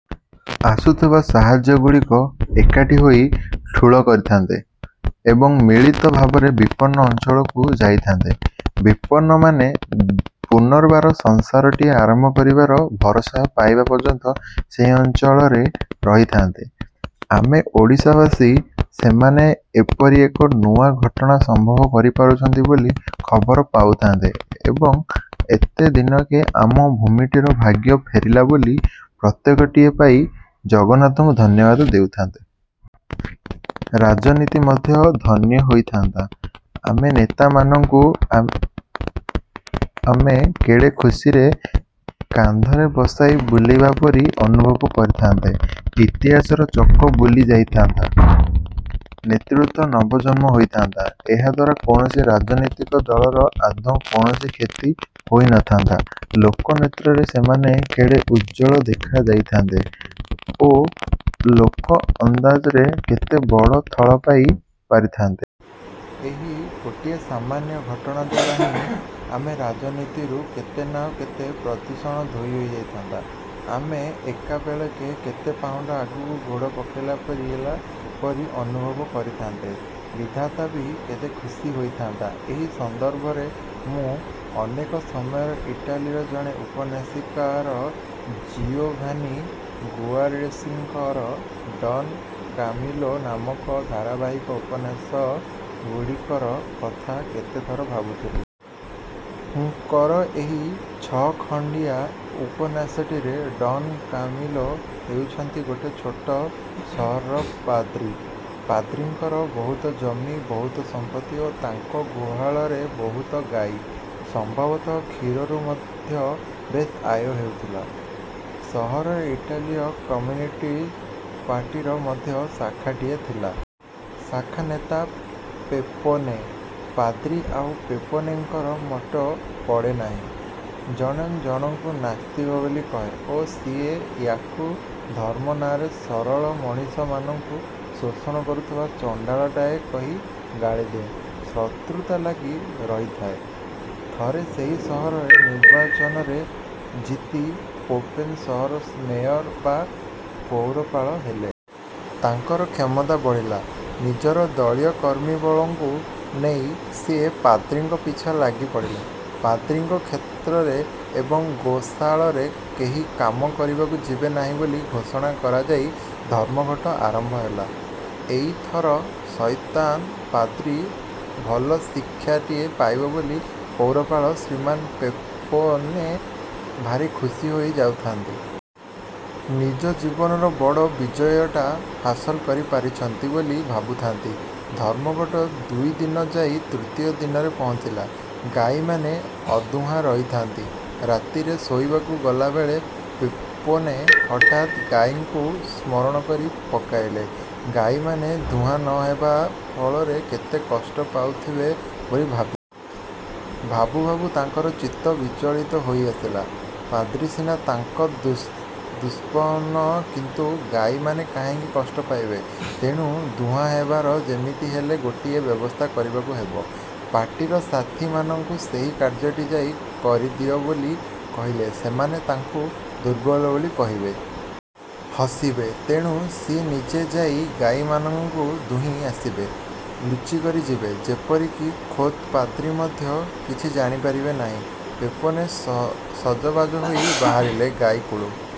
ଆସୁଥିବା ସାହାଯ୍ୟଗୁଡ଼ିକୁ ଏକାଠି ହୋଇ ଠୁଳ କରିଥାନ୍ତେ ଏବଂ ମିଳିତ ଭାବରେ ବିପନ୍ନ ଅଂଚଳକୁ ଯାଇଥାନ୍ତେ। ବିପନ୍ନମାନେ ପୁନର୍ବାର ସଂସାରଟିଏ ଆରମ୍ଭ କରିବାର ଭରସା ପାଇବା ପର୍ଯ୍ୟନ୍ତ ସେହି ଅଂଚଳରେ ରହିଥାନ୍ତେ। ଆମେ ଓଡ଼ିଶାବାସୀ ସେମାନେ ଏପରି ଏକ ନୂଆ ଘଟଣା ସମ୍ଭବ କରିପାରୁଛନ୍ତି ବୋଲି ଖବର ପାଉଥାନ୍ତେ ଏବଂ ଏତେ ଦିନକେ ଆମ ଭୂମିଟିର ଭାଗ୍ୟ ଫେରିଲା ବୋଲି ପ୍ରତ୍ୟୟଟିଏ ପାଇ ଜଗନ୍ନାଥଙ୍କୁ ଧନ୍ୟବାଦ ଦେଉଥାନ୍ତେ। ରାଜନୀତି ମଧ୍ୟ ଧନ୍ୟ ହୋଇଥାନ୍ତା। ଆମ ନେତାମାନଙ୍କୁ ଆମେ କେଡ଼େ ଖୁସିରେ କାନ୍ଧରେ ବସାଇ ବୁଲିବା ପରି ଅନୁଭବ କରିଥାନ୍ତେ। ଇତିହାସର ଚକ ବୁଲି ଯାଇଥାନ୍ତା। ନେତୃତ୍ଵର ନବଜନ୍ମ ହୋଇଥାନ୍ତା। ଏହାଦ୍ୱାରା କୌଣସି ରାଜନୀତିକ ଦଳର ଆଦୌ କୌଣସି କ୍ଷତି ହୋଇନଥାନ୍ତା। ଲୋକନେତ୍ରରେ ସେମାନେ କେଡ଼େ ଉଜ୍ଜ୍ୱଳ ଦେଖା ଯାଇଥାନ୍ତେ ଓ ଲୋକ ଅନ୍ଦାଜରେ କେଡ଼େ ବଡ଼ ଥଳ ପାଇ ପାରିଥାନ୍ତେ। ଏହି ଗୋଟିଏ ସାମାନ୍ୟ ଘଟଣା ଦ୍ୱାରା ହିଁ ଆମ ରାଜନୀତିରୁ କେତେ ନା କେତେ ପ୍ରଦୂଷଣ ଧୋଇ ହୋଇଯାଇଥାନ୍ତା। ଆମେ ଏକାବେଳେକେ କେତେ ପାହୁଣ୍ଡ ଆଗକୁ ଗୋଡ଼ ପକାଇ ପାରିଥିଲା ପରି ଅନୁଭବ କରିଥାନ୍ତେ। ବିଧାତା ବି କେଡ଼େ ଖୁସୀ ହୋଇଥାଆନ୍ତେ। ଏହି ସନ୍ଦର୍ଭରେ ମୁଁ ଅନେକ ସମୟରେ ଇଟାଲୀର ଜଣେ ଉପନ୍ୟାସକାର ଜିଓଭାନି ଗୁଆରେଶିଙ୍କର ଡ଼ନ୍ କାମିଲୋ ନାମକ ଧାରାବାହିକ ଉପନ୍ୟାସ ଗୁଡ଼ିକର କଥା କେତେଥର ଭାବୁଥିଲି। ଙ୍କର ଏହି ଛଅଖଣ୍ଡିଆ ଉପନ୍ୟାସଟିରେ ଡ଼ନ୍ କାମିଲୋ ହେଉଛନ୍ତି ଗୋଟିଏ ଛୋଟ ସହରର ପାଦ୍ରୀ। ପାଦ୍ରୀଙ୍କର ବହୁତ ଜମି, ବହୁତ ସମ୍ପତ୍ତି ଓ ତାଙ୍କ ଗୁହାଳରେ ବହୁତ ଗାଈ। ସମ୍ଭବତଃ କ୍ଷୀରରୁ ମଧ୍ୟ ବେଶ୍ ଆୟ ହେଉଥିଲା। ସହରରେ ଇଟାଲୀୟ କମ୍ୟୁନିଷ୍ଟ ପାର୍ଟିର ମଧ୍ୟ ଶାଖାଟିଏ ଥାଏ। ଶାଖାର ନେତା ପେପୋନେ। ପାଦ୍ରୀ ଆଉ ପେପୋନେଙ୍କର ମୋଟେ ପଡ଼େନାହିଁ। ଜଣେ ଜଣକୁ ନାସ୍ତିକ ବୋଲି କହେ ଓ ସିଏ ୟାଙ୍କୁ ଧର୍ମ ନାମରେ ସରଳ ମଣିଷମାନଙ୍କୁ ଶୋଷଣ କରୁଥିବା ଚଣ୍ଡାଳଟାଏ କହି ଗାଳିଦିଏ। ଶତ୍ରୁତା ଲାଗି ରହିଥାଏ। ଥରେ ସେହି ସହରରେ ନିର୍ବାଚନରେ ଜିତି ପେପୋନେ ସହରର ମେୟର ବା ପୌରପାଳ ହେଲେ। ତାଙ୍କର କ୍ଷମତା ବଢ଼ିଲା। ନିଜର ଦଳୀୟ କର୍ମୀବଳଙ୍କୁ ନେଇ ସିଏ ପାଦ୍ରୀଙ୍କ ପିଛା ଲାଗି ପଡ଼ିଲେ। ପାଦ୍ରୀଙ୍କ କ୍ଷେତରେ ଏବଂ ଗୋଶାଳରେ କେହି କାମ କରିବାକୁ ଯିବେ ନାହିଁ ବୋଲି ଘୋଷଣା କରାଯାଇ ଧର୍ମଘଟ ଆରମ୍ଭ ହେଲା। ଏଇଥର ସଇତାନ ପାଦ୍ରୀ ଭଲ ଶିକ୍ଷାଟିଏ ପାଇବ ବୋଲି ପୌରପାଳ ଶ୍ରୀମାନ୍ ପେପୋନେ ଭାରି ଖୁସି ହୋଇ ଯାଉଥାଆନ୍ତି। ନିଜ ଜୀବନର ବଡ଼ ବିଜୟଟା ହାସଲ କରି ପାରିଛନ୍ତି ବୋଲି ଭାବୁଥାନ୍ତି। ଧର୍ମଘଟ ଦୁଇଦିନ ଯାଇ ତୃତୀୟ ଦିନରେ ପହଞ୍ଚିଲା। ଗାଈମାନେ ଅଦୁହାଁ ରହିଥାନ୍ତି। ରାତିରେ ଶୋଇବାକୁ ଗଲାବେଳେ ପେପୋନେ ହଠାତ୍ ଗାଈମାନଙ୍କୁ ସ୍ମରଣ କରି। ପକାଇଲେ। ଗାଈମାନେ ଦୁହାଁ ନହେବା ଫଳରେ କେତେ କଷ୍ଟ ପାଉନଥିବେ ବୋଲି ଭାବିଲେ। ଭାବୁ ଭାବୁ ତାଙ୍କର ଚିତ୍ତ ବିଚଳିତ ହୋଇ ଆସିଲା। ପାଦ୍ରୀସିନା ତାଙ୍କର ଦୁଶ୍ମନ, କିନ୍ତୁ ଗାଈମାନେ କାହିଁକି କଷ୍ଟ ପାଇବେ? ତେଣୁ ଦୁହାଁ ହେବାର ଯେମିତି ହେଲେ ଗୋଟିଏ ବ୍ୟବସ୍ଥା କରିବାକୁ ହେବ। ପାର୍ଟିର ସାଥୀମାନଙ୍କୁ ସେହି କାର୍ଯ୍ୟଟି ଯାଇ କରିଦିଅ ବୋଲି କହିଲେ ସେମାନେ ତାଙ୍କୁ ଦୁର୍ବଳ ବୋଲି କହିବେ। ହସିବେ। ତେଣୁ ସିଏ ନିଜେ ଯାଇ ଗାଈମାନଙ୍କୁ ଦୁହିଁ ଆସିବେ। ଲୁଚିକରି ଯିବେ। ଯେପରିକି ଖୋଦ୍ ପାଦ୍ରୀ ମଧ୍ୟ କିଛି ଜାଣିପାରିବେ ନାହିଁ। ପେପୋନେ ସଜବାଜ ହୋଇ ବାହାରିଲେ। ଗାଈକୁଳ